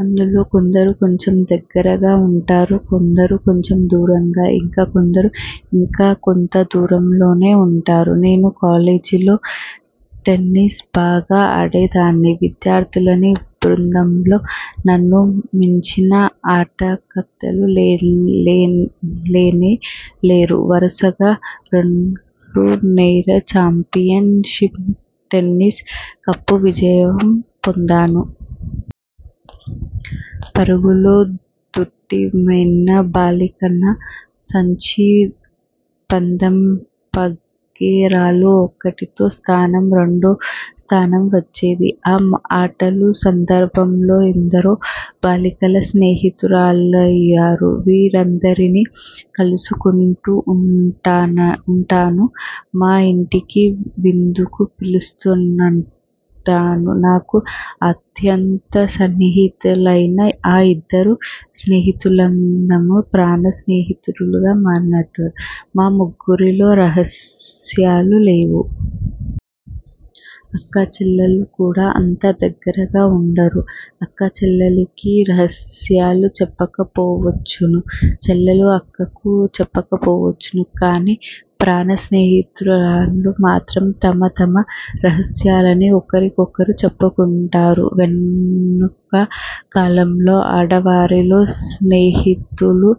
అందులో కొందరు కొంచెం దగ్గరగా ఉంటారు, కొందరు కొంచెం దూరం, ఇంకా కొందరు ఇంకా కొంతదూరంలోనే ఉంటారు. నేను కాలేజేలో టెన్నిస్ బాగా ఆడేదాన్ని. విద్యార్ధినీ బృందంలో నన్ను మించిన ఆటకత్తెలు లేనేలేరు, వరుసగా రెండేండ్లు నేనె ఛాంపియన్ షిప్ టెన్నిస్ కప్పు విజయం పొందాను. పరుగులో దిట్టమైన బాలికను. సంచి పందెము వగైరాలో ఒకటో స్థానమో, రెండో స్థానమో వచ్చేది. ఆ ఆటలు సందర్బంలో ఎందరో బాలికలు స్నేహితురాళ్ళయ్యారు. వీరందరినీ కలుసుకుంటూ ఉంటాను. మా యింటికి విందుకు పిలుస్తూంటాను. నాకు అత్యంత సన్నిహితులయిన ఆ ఇద్దరు స్నేహితురాండ్రనూ ప్రాణ స్నేహితురాళ్ళంటాను. మా ముగ్గురిలో రహస్యాలు లేవు. అక్క చెల్లెళ్ళు కూడా అంత దగ్గరగా ఉండరు. అక్క చెల్లెలికి రహస్యాలు చెప్పకపోవచ్చును. చెల్లెలు అక్కకు చెప్పకపోవచ్చును. కాని ప్రాణ స్నేహితురాండ్రు మాత్రం తమ తమ రహస్యాలన్నీ ఒకరికొకరు చెప్పుకుంటారు. వెనుక కాలంలో ఆడవారిలో స్నేహితులు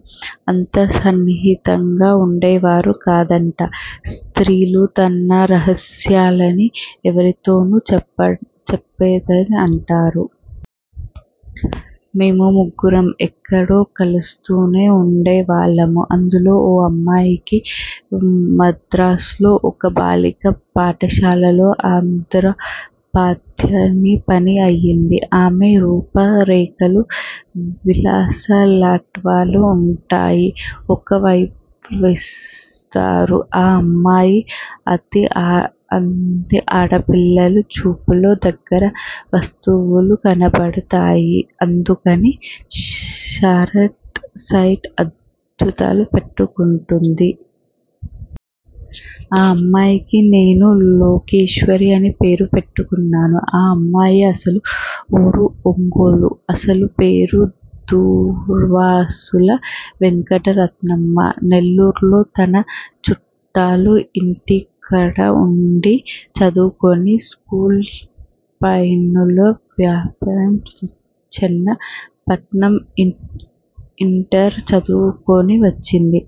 అంత సన్నిహితంగా ఉండేవారు కాదట. స్త్రీలు తన రహస్యాలన్నీ ఎవరితోనూ చెప్పదనే అంటారు. మేం ముగ్గురం ఎక్కడో కలుస్తూనే ఉండేవాళ్ళం. అందులో ఓ అమ్మాయికి మద్రాసులో ఒక బాలికా పాఠశాలలో ఆంద్రోపాద్యాయిని పని అయింది. ఆమె రూపు రేఖా విలాసా లంటారా? ఉంటాయి ఒక మోస్తరు. ఆ అమ్మాయి అతి ఆడపిల్ల. చూపులో దగ్గర వస్తువులు కనబడతాయి. అందుకని షార్ట్ సైట్ అద్దాలు పెట్టుకుంటుంది. ఆ అమ్మాయికి నేనె లోకేశ్వరి అని పేరు పెట్టినాను. ఆ అమ్మాయి అసలు ఊరు ఒంగోలు. అసలు పేరు దుర్వాసుల వెంకటరత్నమ్మ. నెల్లూరులో తన చుట్టాల ఇంటికడ ఉండి చదువుకొని, స్కూలు ఫైనలు ప్యాసయి చెన్న పట్నం ఇంటరు చదువుకని వచ్చింది.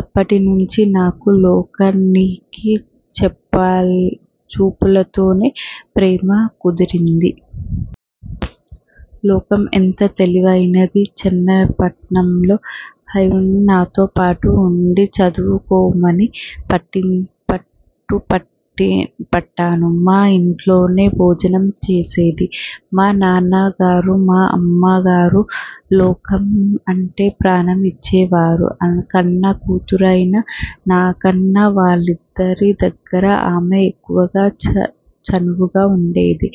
అప్పటినుంచీ నాకూ, 'లోకా'నికీ చూపులతోనే ప్రేమ కుదిరింది. లోకం ఎంత తెలివైనది! చెన్నపట్నంలో మాయింట్లోనే నాతోపాటే ఉండి చదువుకోమని పట్టుపట్టినాను. మా ఇంట్లోనే భోజనం చేసేది. మా నాన్న గారూ, మా అమ్మగారూ లోకం అంటే ప్రాణం ఇచ్చేవారు. కన్నా కూతురైన నాకన్న వాళ్ళిద్దరి దగ్గరా ఆమె ఎక్కువ చనువుగా ఉండేది.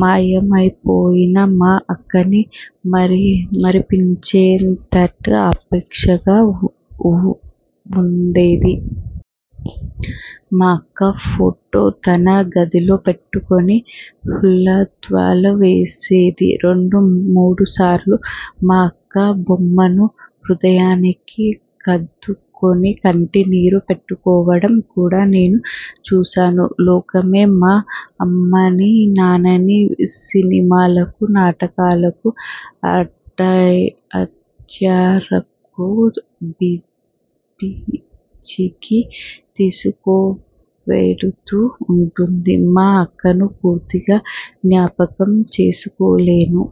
మాయమైపోయిన మా అక్కని మరపించేటంతగా ఆపేక్షగా వుండేది. మా అక్క ఫోటో తన గదిలో పెట్టుకొని పూలదండలు వేసేది. రెండు మూడుసార్లు మా అక్క బొమ్మను హృదయాని కద్దుకొని కంటినీరు పెట్టుకోవడం కూడా నేను చూశాను. లోకమే మా అమ్మనీ, నాన్ననీ సినిమాలకు, నాటకాలకు అడయారుకు, బీచికీ తీసుకువెడుతూ ఉంటుంది. మా అక్కను పూర్తిగా జ్ఞాపకం చేసుకోలేను.